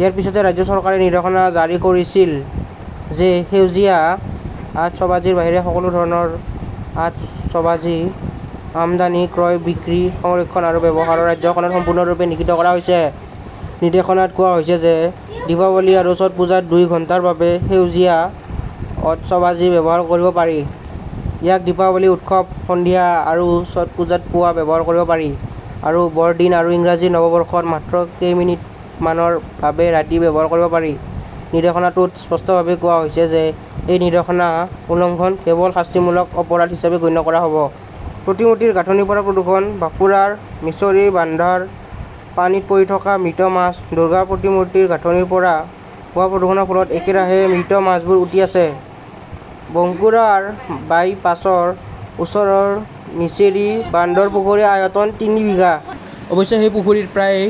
ইয়াৰ পিছতে ৰাজ্য চৰকাৰে নিৰ্দেশনা জাৰি কৰি কৈছিল যে সেউজীয়া আতচবাজীৰ বাহিৰে সকলো ধৰণৰ আতচবাজী আমদানি, ক্ৰয়, বিক্ৰী, সংৰক্ষণ আৰু ব্যৱহাৰ ৰাজ্যখনত সম্পূৰ্ণৰূপে নিষিদ্ধ কৰা হৈছে। নিৰ্দেশনাত কোৱা হৈছে যে দীপাৱলী আৰু ছট পূজাত দুই ঘণ্টাৰ বাবে সেউজীয়া আতচবাজী ব্যৱহাৰ কৰিব পাৰি। ইয়াক দীপাৱলী উৎসৱত সন্ধিয়া আৰু ছট পূজাত পুৱা ব্যৱহাৰ কৰিব পাৰি। আৰু বৰদিন আৰু ইংৰাজী নৱবৰ্ষত মাত্ৰ কেইমিনিটৰ বাবে ৰাতি‌ ব্যৱহাৰ কৰিব পাৰি। নিৰ্দেশনাটোত স্পষ্টভাৱে কোৱা হৈছে যে এই নিৰ্দেশনা উলংঘন কেৱল শাস্তিমূলক অপৰাধ হিচাপে গণ্য কৰা হ 'ব। প্ৰতিমূৰ্তিৰ গাঁথনিৰ পৰা প্ৰদূষণ, বাঁকুৰাৰ মিছৰী বান্ধৰ পানীত পৰি থকা মৃত মাছ দুৰ্গা প্ৰতিমূৰ্তিৰ গাঁথনিৰ পৰা হোৱা প্ৰদূষণৰ ফলত একেৰাহে মৃত মাছবোৰ উটি আছে। বাঙ্কুৰাৰ বাইপাছৰ ওচৰৰ মিছেৰী বান্ধৰ পুখুৰীৰ আয়তন তিনি বিঘা। অৱশ্যে, সেই পুখুৰীত প্ৰায়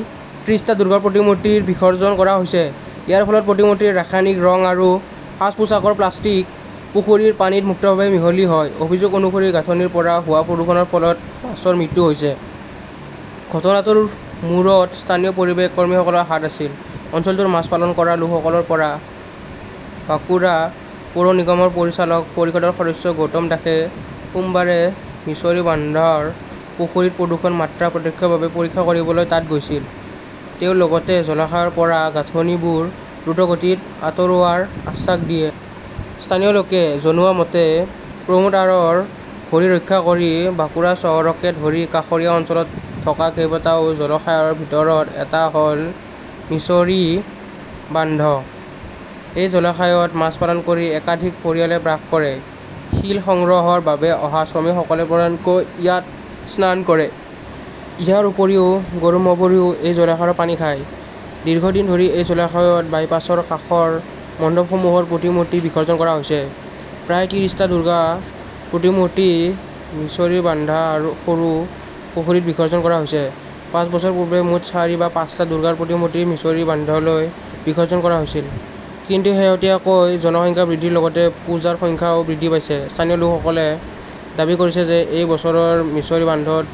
ত্ৰিশটা দুৰ্গা প্ৰতিমূৰ্তি বিসৰ্জন কৰা হৈছে। ইয়াৰ ফলত প্ৰতিমূৰ্তিৰ ৰাসায়নিক ৰং আৰু সাজ-পোছাকৰ প্লাষ্টিক পুখুৰীৰ পানীত মুক্তভাৱে মিহলি হয়। অভিযোগ অনুসৰি গাঁথনিৰ পৰা হোৱা প্ৰদূষণৰ ফলত মাছৰ মৃত্যু হৈছে। ঘটনাটোৰ মূৰত স্থানীয় পৰিৱেশ কৰ্মীসকলৰ হাত আছিল, অঞ্চলটোৰ মাছ পালন কৰা লোকসকলৰ পৰা। বাঁকুৰা পৌৰ নিগমৰ পৰিচালক পৰিষদৰ সদস্য গৌতম দাসে সোমবাৰে মিছৰী বান্ধৰ পুখুৰীত প্ৰদূষণৰ মাত্ৰা প্ৰত্যক্ষভাৱে পৰীক্ষা কৰিবলৈ তাত গৈছিল। তেওঁ লগতে জলাশয়ৰ পৰা গাঁথনিবোৰ দ্ৰুতগতিত আঁতৰোৱাৰ আশ্বাস দিয়ে। স্থানীয় লোকে জনোৱা মতে, প্ৰমোটাৰৰ ভৰি ৰক্ষা কৰি বাঁকুৰা চহৰকে ধৰি কাষৰীয়া অঞ্চলত থকা কেইবাটাও জলাশয়ৰ ভিতৰত এটা হ'ল মিছৰী বান্ধ। এই জলাশয়ত মাছ পালন কৰি একাধিক পৰিয়ালে বাস কৰে। শিল সংগ্ৰহৰ বাবে অহা শ্ৰমিকসকলে প্ৰধানকৈ ইয়াত স্নান কৰে। ইয়াৰ উপৰিও, গৰু-ম'হবোৰেও এই জলাশয়ৰ পানী খায়। দীৰ্ঘদিন ধৰি এই জলাশয়ত বাইপাছৰ কাষৰ মণ্ডপসমূহৰ প্ৰতিমূৰ্তি বিসৰ্জন কৰা হৈছে। প্ৰায় ত্ৰিশটা দুৰ্গাৰ প্ৰতিমূৰ্তি মিছৰী বান্ধৰ সৰু পুখুৰীত বিসৰ্জন কৰা হৈছে। পাঁচ বছৰ পূৰ্বে মুঠ চাৰি বা পাঁচটা দুৰ্গাৰ প্ৰতিমূৰ্তি মিছৰী বান্ধলৈ বিসৰ্জন কৰা হৈছিল। কিন্তু শেহতীয়াকৈ জনসংখ্যা বৃদ্ধিৰ লগতে পূজাৰ সংখ্যাও বৃদ্ধি পাইছে। স্থানীয় লোকসকলে দাবী কৰিছে যে এই বছৰ মিছৰী বান্ধত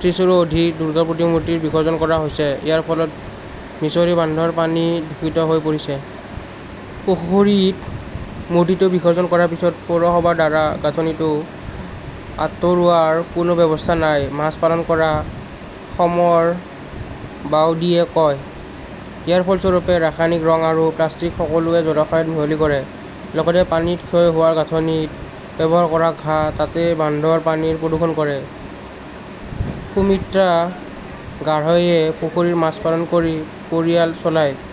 ত্ৰিশৰো অধিক দুৰ্গাৰ প্ৰতিমূৰ্তি বিসৰ্জন কৰা হৈছে। ইয়াৰ ফলত মিছৰী বান্ধৰ পানী দূষিত হৈ পৰিছে। পুখুৰীত মূৰ্তিটো বিসৰ্জন কৰাৰ পিছত পৌৰসভাৰ দ্বাৰা গাঁথনিটো আঁতৰোৱাৰ কোনো ব্যৱস্থা নাই, মাছ পালন কৰা সমৰ বাউদীয়ে কয়। ইয়াৰ ফলস্বৰূপে, ৰাসায়নিক ৰং আৰু প্লাষ্টিক সকলোৱে জলাশয়ত মিহলি কৰে। লগতে পানীত ক্ষয় হোৱা গাঁথনিত ব্যৱহাৰ কৰা ঘাঁহ তাতেই বান্ধৰ পানীৰ প্ৰদূষণ কৰে। সুমিত্ৰা গড়াইয়ে পুখুৰীত মাছ পালন কৰি পৰিয়াল চলায়।